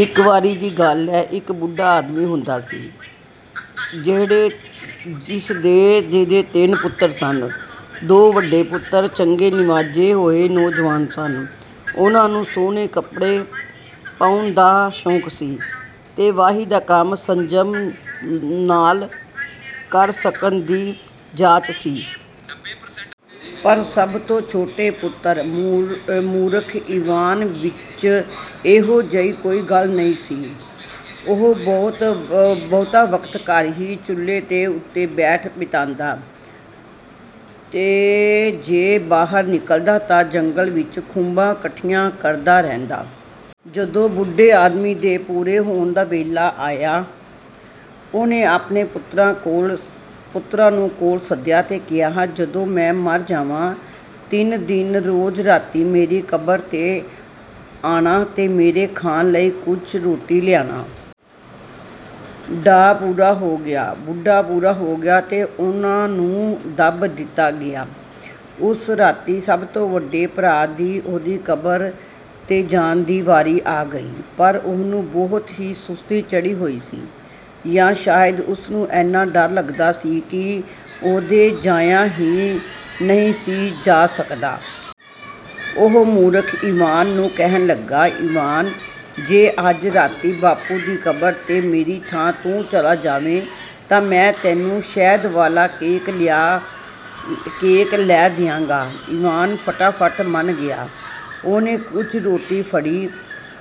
ਇੱਕ ਵਾਰੀ ਦੀ ਗੱਲ ਏ, ਇੱਕ ਬੁੱਢਾ ਆਦਮੀ ਹੁੰਦਾ ਸੀ, ਜਿਹਦੇ ਤਿੰਨ ਪੁੱਤਰ ਸਨ। ਦੋਵੇਂ ਵੱਡੇ ਪੁੱਤਰ ਚੰਗੇ-ਨਿਵਾਜੇ ਹੋਏ ਨੌਜਵਾਨ ਸਨ। ਉਹਨਾਂ ਨੂੰ ਸੁਹਣੇ ਕੱਪੜੇ ਪਾਉਣ ਦਾ ਸ਼ੌਕ ਸੀ ਤੇ ਵਾਹੀ ਦਾ ਕੰਮ ਸੰਜਮ ਨਾਲ ਕਰ ਸਕਣ ਦੀ ਜਾਚ ਸੀ। ਪਰ ਸਭ ਤੋਂ ਛੋਟੇ ਪੁੱਤਰ, ਮੂਰਖ ਈਵਾਨ, ਵਿੱਚ ਇਹੋ ਜਿਹੀ ਕੋਈ ਗੱਲ ਨਹੀਂ ਸੀ। ਉਹ ਬਹੁਤਾ ਵਕਤ ਘਰ ਹੀ ਚੁੱਲ੍ਹੇ ਦੇ ਉੱਤੇ ਬੈਠ ਬਿਤਾਂਦਾ ਤੇ ਜੇ ਬਾਹਰ ਨਿਕਲਦਾ ਤਾਂ ਜੰਗਲ ਵਿੱਚੋਂ ਖੁੰਬਾਂ ਇਕੱਠੀਆਂ ਕਰਦਾ ਰਹਿੰਦਾ। ਜਦੋਂ ਬੁੱਢੇ ਆਦਮੀ ਦੇ ਪੂਰੇ ਹੋਣ ਦਾ ਵੇਲਾ ਆਇਆ, ਉਹਨੇ ਆਪਣੇ ਪੁੱਤਰਾਂ ਨੂੰ ਕੋਲ ਸੱਦਿਆ ਤੇ ਕਿਹਾ, "ਜਦੋਂ ਮੈਂ ਮਰ ਜਾਵਾਂ, ਤਿੰਨ ਦਿਨ ਰੋਜ਼ ਰਾਤੀਂ ਮੇਰੀ ਕਬਰ 'ਤੇ ਆਣਾ ਤੇ ਮੇਰੇ ਖਾਣ ਲਈ ਕੁਝ ਰੋਟੀ ਲਿਆਣਾ।" ਬੁਢਾ ਪੂਰਾ ਹੋ ਗਿਆ ਤੇ ਉਹਨੂੰ ਦੱਬ ਦਿੱਤਾ ਗਿਆ। ਉਸ ਰਾਤੀਂ ਸਭ ਤੋਂ ਵੱਡੇ ਭਰਾ ਦੀ ਉਹਦੀ ਕਬਰ 'ਤੇ ਜਾਣ ਦੀ ਵਾਰੀ ਆ ਗਈ। ਪਰ ਉਹਨੂੰ ਬਹੁਤ ਹੀ ਸੁਸਤੀ ਚੜ੍ਹੀ ਹੋਈ ਸੀ, ਜਾਂ ਸ਼ਾਇਦ ਉਹਨੂੰ ਐਨਾ ਡਰ ਲੱਗਦਾ ਸੀ ਕਿ ਉਹਦੇ ਤੋਂ ਜਾਇਆ ਹੀ ਨਹੀਂ ਸੀ ਜਾ ਸਕਦਾ। ਉਹ ਮੂਰਖ ਈਵਾਨ ਨੂੰ ਕਹਿਣ ਲੱਗਾ, "ਈਵਾਨ, ਜੋ ਅੱਜ ਰਾਤੀਂ ਬਾਪੂ ਦੀ ਕਬਰ 'ਤੇ ਮੇਰੀ ਥਾਂ ਤੂੰ ਚਲਾ ਜਾਵੇਂ, ਤਾਂ ਮੈਂ ਤੈਨੂੰ ਸ਼ਹਿਦ ਵਾਲਾ ਕੇਕ ਲੈ ਦਿਆਂਗਾ।" ਈਵਾਨ ਫਟਾਫਟ ਮੰਨ ਗਿਆ। ਉਹਨੇ ਕੁਝ ਰੋਟੀ ਫੜੀ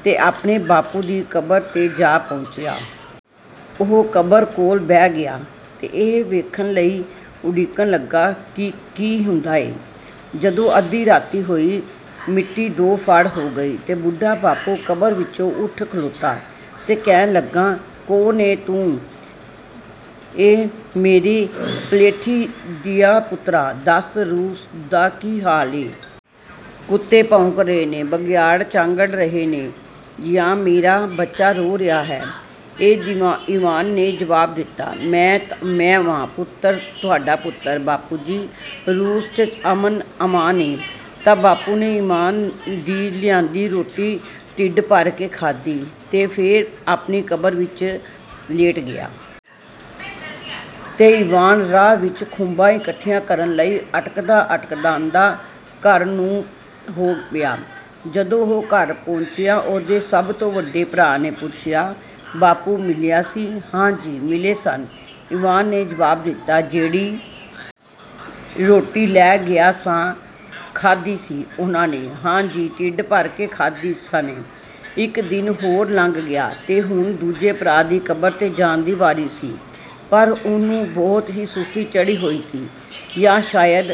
ਤੇ ਆਪਣੇ ਬਾਪੂ ਦੀ ਕਬਰ 'ਤੇ ਜਾ ਪਹੁੰਚਿਆ। ਉਹ ਕਬਰ ਕੋਲ ਬਹਿ ਗਿਆ ਤੇ ਇਹ ਵੇਖਣ ਲਈ ਉਡੀਕਣ ਲੱਗਾ ਕਿ ਕੀ ਹੁੰਦਾ ਏ? ਜਦੋਂ ਅੱਧੀ ਰਾਤ ਹੋਈ, ਮਿੱਟੀ ਦੋਫਾੜ ਹੋ ਗਈ ਤੇ ਬੁੱਢਾ ਬਾਪੂ ਕਬਰ ਵਿੱਚੋਂ ਉੱਠ ਖਲੋਤਾ ਤੇ ਕਹਿਣ ਲੱਗਾ, "ਕੌਣ ਏਂ ਤੂੰ ਏਂ, ਮੇਰੇ ਪਲੇਠੀ ਦਿਆ ਪੁੱਤਰਾ, ਦੱਸ, ਰੂਸ ਦਾ ਕੀ ਹਾਲ ਏ? ਕੁੱਤੇ ਭੌਂਕ ਰਹੇ ਨੇ, ਬਘਿਆੜ ਚਾਂਗਰ ਰਹੇ ਨੇ ਜਾਂ ਮੇਰਾ ਬੱਚਾ ਰੋ ਰਿਹਾ ਹੈ?" ਤੇ ਈਵਾਨ ਨੇ ਜਵਾਬ ਦਿੱਤਾ, "ਮੈਂ ਵਾਂ, ਤੁਹਾਡਾ ਪੁੱਤਰ, ਬਾਪੂ ਜੀ। ਰੂਸ 'ਚ ਅਮਨ-ਅਮਾਨ ਏ।" ਤਾਂ ਬਾਪੂ ਨੇ ਈਵਾਨ ਦੀ ਲਿਆਂਦੀ ਰੋਟੀ ਢਿੱਡ ਭਰ ਕੇ ਖਾਧੀ ਤੇ ਫੇਰ ਆਪਣੀ ਕਬਰ ਵਿੱਚ ਲੇਟ ਗਿਆ। ਤੇ ਈਵਾਨ, ਰਾਹ ਵਿੱਚ ਖੁੰਬਾਂ ਇਕੱਠੀਆਂ ਕਰਨ ਲਈ ਅਟਕਦਾ-ਅਟਕਦਾ ਆਂਦਾ, ਘਰ ਨੂੰ ਹੋ ਪਿਆ। ਜਦੋਂ ਉਹ ਘਰ ਪਹੁੰਚਿਆ, ਉਹਦੇ ਸਭ ਤੋਂ ਵੱਡੇ ਭਰਾ ਨੇ ਪੁੱਛਿਆ, "ਬਾਪੂ ਮਿਲਿਆ ਸੀ?" "ਹਾਂ ਜੀ, ਮਿਲੇ ਸਨ," ਈਵਾਨ ਨੇ ਜਵਾਬ ਦਿੱਤਾ।""ਜਿਹੜੀ ਰੋਟੀ ਲੈ ਗਿਆ ਸਾਂ, ਖਾਧੀ ਸੀ ਉਹਨਾ ਨੇ?" "ਹਾਂ ਜੀ ਢਿੱਡ ਭਰ ਕੇ ਖਾਧੀ ਸਾਨੇਂ।" ਇੱਕ ਦਿਨ ਹੋਰ ਲੰਘ ਗਿਆ, ਤੇ ਹੁਣ ਦੂਜੇ ਭਰਾ ਦੀ ਕਬਰ 'ਤੇ ਜਾਣ ਦੀ ਵਾਰੀ ਸੀ। ਪਰ ਉਹਨੂੰ ਬਹੁਤ ਹੀ ਸੁਸਤੀ ਚੜ੍ਹੀ ਹੋਈ ਸੀ, ਜਾਂ ਸ਼ਾਇਦ…